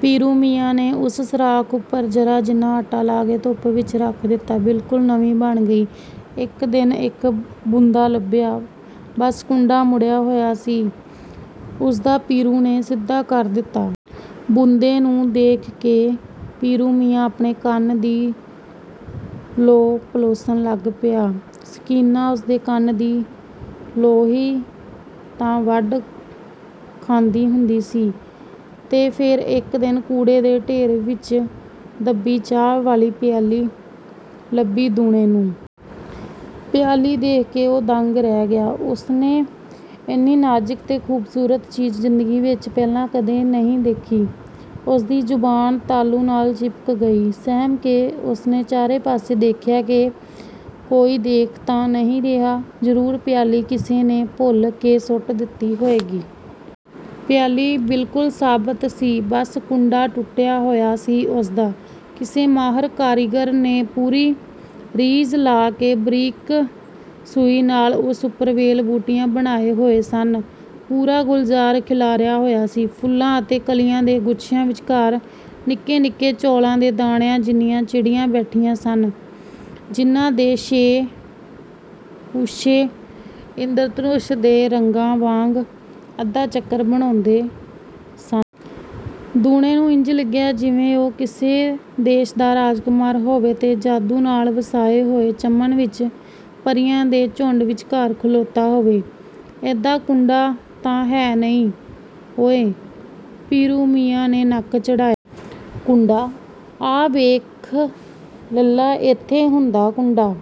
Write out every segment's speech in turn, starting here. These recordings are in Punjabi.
ਪੀਰੂ ਮੀਆਂ ਨੇ ਉਸ ਸੁਰਾਖ਼ ਉੱਪਰ ਜ਼ਰਾ ਜਿੰਨਾ ਆਟਾ ਲਾ ਕੇ ਧੁੱਪ ਵਿੱਚ ਰੱਖ ਦਿੱਤਾ ਬਿਲਕੁਲ ਨਵੀਂ ਬਣ ਗਈ। ਇੱਕ ਦਿਨ ਇੱਕ ਬੁੰਦਾ ਲੱਭਿਆ, ਬੱਸ ਕੁੰਡਾ ਮੁੜਿਆ ਹੋਇਆ ਸੀ ਉਸਦਾ ਪੀਰੂ ਨੇ ਸਿੱਧਾ ਕਰ ਦਿੱਤਾ। ਬੁੰਦੇ ਨੂੰ ਦੇਖ ਕੇ ਪੀਰੂ ਮੀਆਂ ਆਪਣੇ ਕੰਨ ਦੀ ਲੌ ਪਲੋਸਣ ਲੱਗ ਪਿਆ ਸੀ। ਸਕੀਨਾ ਉਸਦੇ ਕੰਨ ਦੀ ਲੌ ਹੀ ਤਾਂ ਵੱਢ ਖਾਂਦੀ ਹੁੰਦੀ ਸੀ। ਤੇ ਫਿਰ ਇੱਕ ਦਿਨ ਕੂੜੇ ਦੇ ਢੇਰ ਵਿੱਚ ਦੱਬੀ ਚਾਹ ਵਾਲੀ ਪਿਆਲੀ ਲੱਭੀ ਦੂਣੇ ਨੂੰ। ਪਿਆਲੀ ਦੇਖ ਕੇ ਉਹ ਦੰਗ ਰਹਿ ਗਿਆ। ਉਸਨੇ ਏਨੀ ਨਾਜ਼ੁਕ ਤੇ ਖੂਬਸੂਰਤ ਚੀਜ਼ ਜ਼ਿੰਦਗੀ ਵਿੱਚ ਪਹਿਲਾਂ ਕਦੇ ਨਹੀਂ ਸੀ ਦੇਖੀ। ਉਸਦੀ ਜ਼ਬਾਨ ਤਾਲੂ ਨਾਲ ਚਿਪਕ ਗਈ। ਸਹਿਮ ਕੇ ਉਸਨੇ ਚਾਰੇ ਪਾਸੇ ਦੇਖਿਆ ਕਿ ਕਿਤੇ ਕੋਈ ਦੇਖ ਤਾਂ ਨਹੀਂ ਰਿਹਾ, ਜ਼ਰੂਰ ਪਿਆਲੀ ਕਿਸੇ ਨੇ ਭੁੱਲ ਕੇ ਸੁੱਟ ਦਿੱਤੀ ਹੋਏਗੀ। ਪਿਆਲੀ ਬਿਲਕੁਲ ਸਾਬਤ ਸੀ, ਬੱਸ ਕੁੰਡਾ ਟੁੱਟਿਆ ਹੋਇਆ ਸੀ ਉਸਦਾ। ਕਿਸੇ ਮਾਹਿਰ ਕਾਰੀਗਰ ਨੇ ਪੂਰੀ ਰੀਝ ਲਾ ਕੇ ਬਰੀਕ ਸੂਈ ਨਾਲ ਉਸ ਉੱਪਰ ਵੇਲ-ਬੂਟੇ ਬਣਾਏ ਹੋਏ ਸਨ। ਪੂਰਾ ਗੁਲਜ਼ਾਰ ਖਿਲਾਰਿਆ ਹੋਇਆ ਸੀ। ਫੁੱਲਾਂ ਅਤੇ ਕਲੀਆਂ ਦੇ ਗੁੱਛਿਆਂ ਵਿੱਚਕਾਰ, ਨਿੱਕੇ-ਨਿੱਕੇ ਚੌਲਾਂ ਦੇ ਦਾਣਿਆਂ ਜਿੰਨੀਆਂ ਚਿੜੀਆਂ ਬੈਠੀਆਂ ਸਨ, ਜਿਹਨਾਂ ਦੇ ਪੂਛੇ ਇੰਦਰਧਨੁਸ਼ ਦੇ ਰੰਗਾਂ ਵਾਂਗ ਅੱਧਾ ਚੱਕਰ ਬਣਾਉਂਦੇ ਸਨ। ਦੂਣੇ ਨੂੰ ਇੰਜ ਲੱਗਿਆ ਜਿਵੇਂ ਉਹ ਕਿਸੇ ਦੇਸ਼ ਦਾ ਰਾਜਕੁਮਾਰ ਹੋਵੇ ਤੇ ਜਾਦੂ ਨਾਲ ਵਸਾਏ ਹੋਏ ਚਮਨ ਵਿੱਚ ਪਰੀਆਂ ਦੇ ਝੁੰਡ ਵਿੱਚਕਾਰ ਖਲੋਤਾ ਹੋਵੇ। "ਇਹਦਾ ਕੁੰਡਾ ਤਾਂ ਹੈ ਹੀ ਨਹੀਂ ਓਏ।" ਪੀਰੂ ਮੀਆਂ ਨੇ ਨੱਕ ਚੜ੍ਹਾਇਆ। "ਕੁੰਡਾ?" "ਹਾਂ, ਆਹ ਵੇਖ ਲੱਲਾ ਇੱਥੇ ਕੁੰਡਾ ਹੁੰਦਾ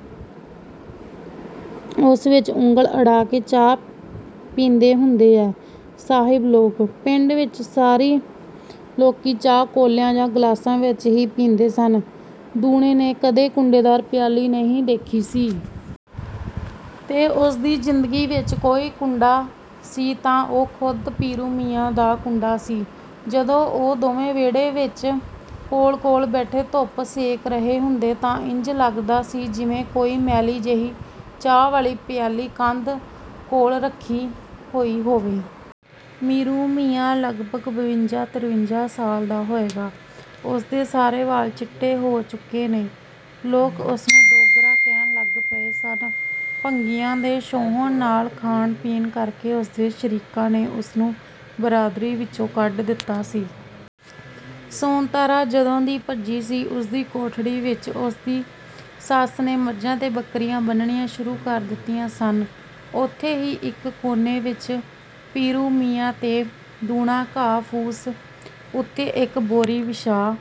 ਐ। ਉਸ ਵਿੱਚ ਉਂਗਲ ਅੜਾ ਕੇ ਚਾਹ ਪੀਂਦੇ ਹੁੰਦੇ ਐ ਸਾਹਿਬ ਲੋਕ।" ਪਿੰਡ ਵਿੱਚ ਸਾਰੇ ਲੋਕੀ ਚਾਹ ਕੌਲਿਆਂ ਜਾਂ ਗਲਾਸਾਂ ਵਿੱਚ ਹੀ ਪੀਂਦੇ ਸਨ। ਦੂਣੇ ਨੇ ਕਦੇ ਕੁੰਡੇਦਾਰ ਪਿਆਲੀ ਨਹੀਂ ਸੀ ਦੇਖੀਸੀ। ਜੇ ਉਸਦੀ ਜ਼ਿੰਦਗੀ ਵਿੱਚ ਕੋਈ ਕੁੰਡਾ ਸੀ ਤਾਂ ਉਹ ਖੁਦ ਪੀਰੂ ਮੀਆਂ ਦਾ 'ਕੁੰਡਾ' ਸੀ। ਜਦੋਂ ਉਹ ਦੋਵੇਂ ਵਿਹੜੇ ਵਿੱਚ ਕੋਲੋ-ਕੋਲ ਬੈਠੇ ਧੁੱਪ ਸੇਕ ਰਹੇ ਹੁੰਦੇ ਸਨ ਤਾਂ ਇੰਜ ਲੱਗਦਾ ਸੀ ਜਿਵੇਂ ਕੋਈ ਮੈਲੀ ਜਿਹੀ ਚਾਹ ਵਾਲੀ ਪਿਆਲੀ ਕੰਧ ਕੋਲ ਰੱਖੀ ਹੋਈ ਹੋਵੇ। ਪੀਰੂ ਮੀਆਂ ਲਗਭਗ ਬਵੰਜਾ-ਤਰਵੰਜਾ ਸਾਲ ਦਾ ਹੋਏਗਾ। ਉਸਦੇ ਸਾਰੇ ਵਾਲ ਚਿੱਟੇ ਹੋ ਚੁੱਕੇ ਨੇ। ਲੋਕ ਉਸਨੂੰ ਡੋਗਰਾ ਕਹਿਣ ਲੱਗ ਪਏ ਸਨ। ਭੰਗੀਆਂ ਦੇ ਛੋਹਰ ਨਾਲ ਖਾਣ-ਪੀਣ ਕਰਕੇ ਉਸਦੇ ਸ਼ਰੀਕਾਂ ਨੇ ਉਸਨੂੰ ਬਰਾਦਰੀ ਵਿੱਚੋਂ ਕੱਢ ਦਿੱਤਾ ਸੀ। ਸੋਨਤਾਰਾ ਜਦੋਂ ਦੀ ਭੱਜੀ ਸੀ, ਉਸਦੀ ਕੋਠੜੀ ਵਿੱਚ ਉਸਦੀ ਸੱਸ ਨੇ ਮੱਝਾਂ ਤੇ ਬੱਕਰੀਆਂ ਬੰਨ੍ਹਣੀਆਂ ਸ਼ੁਰੂ ਕਰ ਦਿੱਤੀਆਂ ਸਨ। ਉੱਥੇ ਹੀ ਇੱਕ ਕੋਨੇ ਵਿੱਚ ਪੀਰੂ ਮੀਆਂ ਤੇ ਦੂਣਾ ਘਾਹ-ਫੂਸ ਉੱਤੇ ਇੱਕ ਬੋਰੀ ਵਿਛਾ